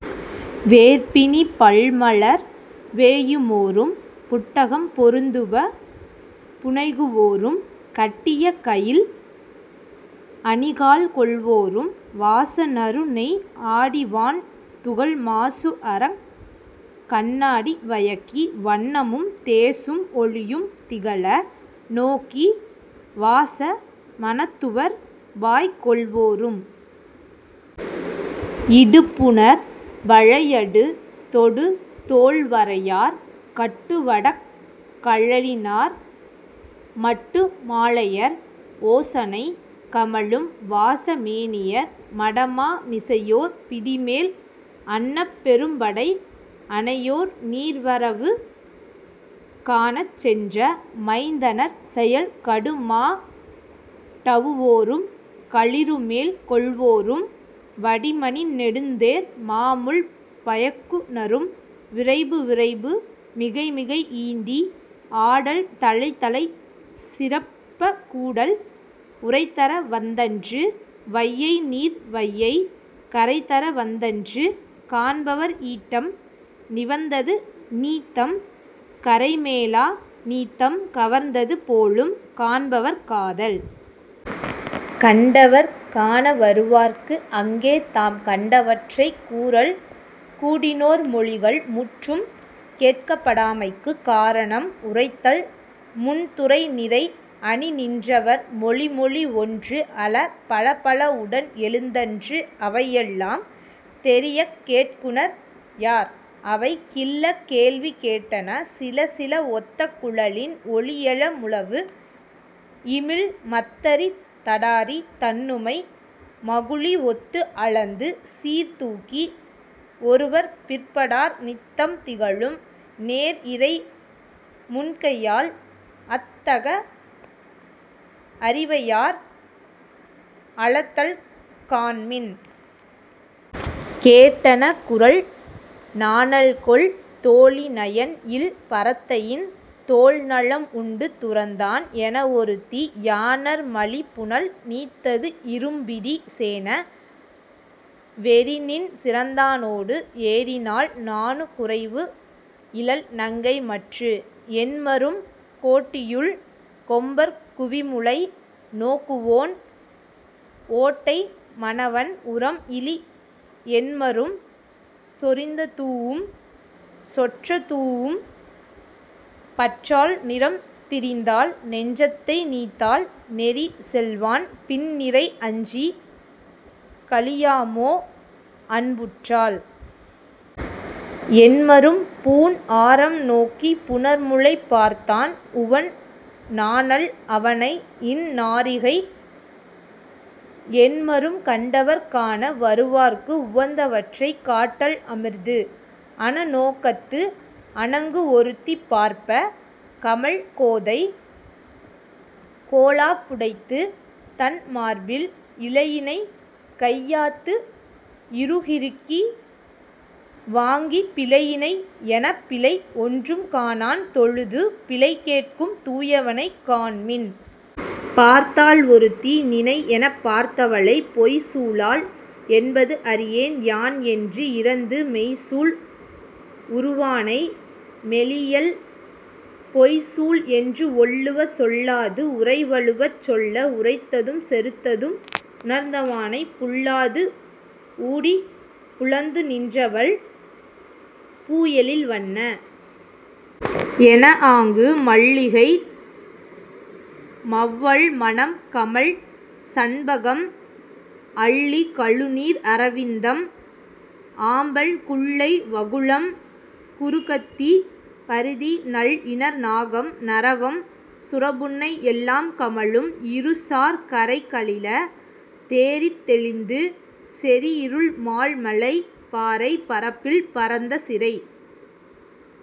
வேர் பிணி பல் மலர் வேயுமோரும் புட்டகம் பொருந்துவ புனைகுவோரும் கட்டிய கயில் அணி காழ் கொள்வோரும் வாச நறு நெய் ஆடி வான் துகள் மாசு அறக் கண்ணாடி வயக்கி வண்ணமும் தேசும் ஒளியும் திகழ நோக்கி வாச மணத் துவர் வாய்க் கொள்வோரும் இடு புணர் வளையடு தொடு தோள்வளையார் கட்டு வடக் கழலினர் மட்டு மாலையர் ஓசனை கமழும் வாச மேனியர் மட மா மிசையோர் பிடிமேல் அன்னப் பெரும் படை அனையோர் நீர் வரவு காணச் சென்ற மைந்தர் செயல் கடு மா டவுவோரும், களிறுமேல் கொள்வோரும் வடி மணி நெடுந் தேர் மா முள் பாய்க்குநரும் விரைபு விரைபு மிகை மிகை ஈண்டி, ஆடல் தலைத்தலை சிறப்ப கூடல் உரைதர வந்தன்று வையை நீர் வையைக் கரை தர வந்தன்று காண்பவர் ஈட்டம் நிவந்தது நீத்தம் கரைமேலா நீத்தம் கவர்ந்தது போலும் காண்பவர் காதல். கண்டவர் காணவருவார்க்கு அங்கே தாம் கண்டவற்றைக் கூறல் கூடினோர் மொழிகள் முற்றும் கேட்கப்படாமைக்குக் காரணம் உரைத்தல் முன் துறை நிறை அணி நின்றவர் மொழி மொழி ஒன்று அல பலபல உடன் எழுந்தன்று அவை எல்லாம் தெரியக் கேட்குநர் யார்? அவை கில்ல கேள்வி கேட்டன சிலசில ஒத்த குழலின் ஒலி எழ முழவு இமிழ் மத்தரி தடாரி தண்ணுமை மகுளி ஒத்து அளந்து சீர் தூக்கி ஒருவர் பிற்படார் நித்தம் திகழும் நேர் இறை முன்கையால் அத் தக அரிவையார் அளத்தல் காண்மின். கேட்டன கூறல் நாணாள்கொல் தோழி நயன் இல் பரத்தையின் தோள் நலம் உண்டு துறந்தான் என ஒருத்தி யாணர் மலி புனல் நீத்தத்து இரும் பிடி சேண வெரிநின் சிறந்தானோடு ஏறினாள் நாணுக் குறைவு இலள் நங்கை மற்று? என்மரும் கோட்டியுள் கொம்பர் குவி முலை நோக்குவோன் ஓட்டை மனவன் உரம் இலி என்மரும் சொறிந்ததூஉம் சொற்றதூஉம் பற்றாள் நிறம் திரிந்தாள் நெஞ்சத்தை நீத்தாள் நெறி செல்வான் பின் நிறை அஞ்சிக் கழியாமோ அன்பு உற்றால்? என்மரும் பூண் ஆரம் நோக்கிப் புணர் முலை பார்த்தான் உவன் நாணாள் அவனை இந் நாரிகை என்மரும் கண்டவர் காண வருவார்க்கு உவந்தவற்றைக் காட்டல் அமிர்து அன நோக்கத்து அணங்கு ஒருத்தி பார்ப்ப, கமழ் கோதை கோலாப் புடைத்து, தன் மார்பில் இழையினைக் கை யாத்து இறுகிறுக்கி வாங்கி பிழையினை என்ன பிழை ஒன்றும் காணான் தொழுது பிழை கேட்கும் தூயவனைக் காண்மின். பார்த்தாள் ஒருத்தி நினை எனபார்த்தவளைப் பொய்ச் சூளாள் என்பது அறியேன் யான் என்று இரந்து மெய்ச் சூள் உறுவானை மெலியல் பொய்ச் சூள் என்று ஒல்லுவ சொல்லாது, உரை வழுவச் சொல்ல உறைத்தும் செறுத்தும் உணர்த்துவானைப் புல்லாது ஊடிப் புலந்து நின்றவள் பூ எழில் வண்ண என ஆங்கு மல்லிகை மௌவல் மணம் கமழ் சண்பகம் அல்லி கழுநீர் அரவிந்தம் ஆம்பல் குல்லை வகுளம் குருக்கத்தி பாதிரி நல் இணர் நாகம் நறவம் சுரபுன்னை எல்லாம் கமழும் இரு சார் கரை கலிழ தேறித் தெளிந்து செறி இருள் மால் மலை பாறைப் பரப்பில் பரந்த சிறை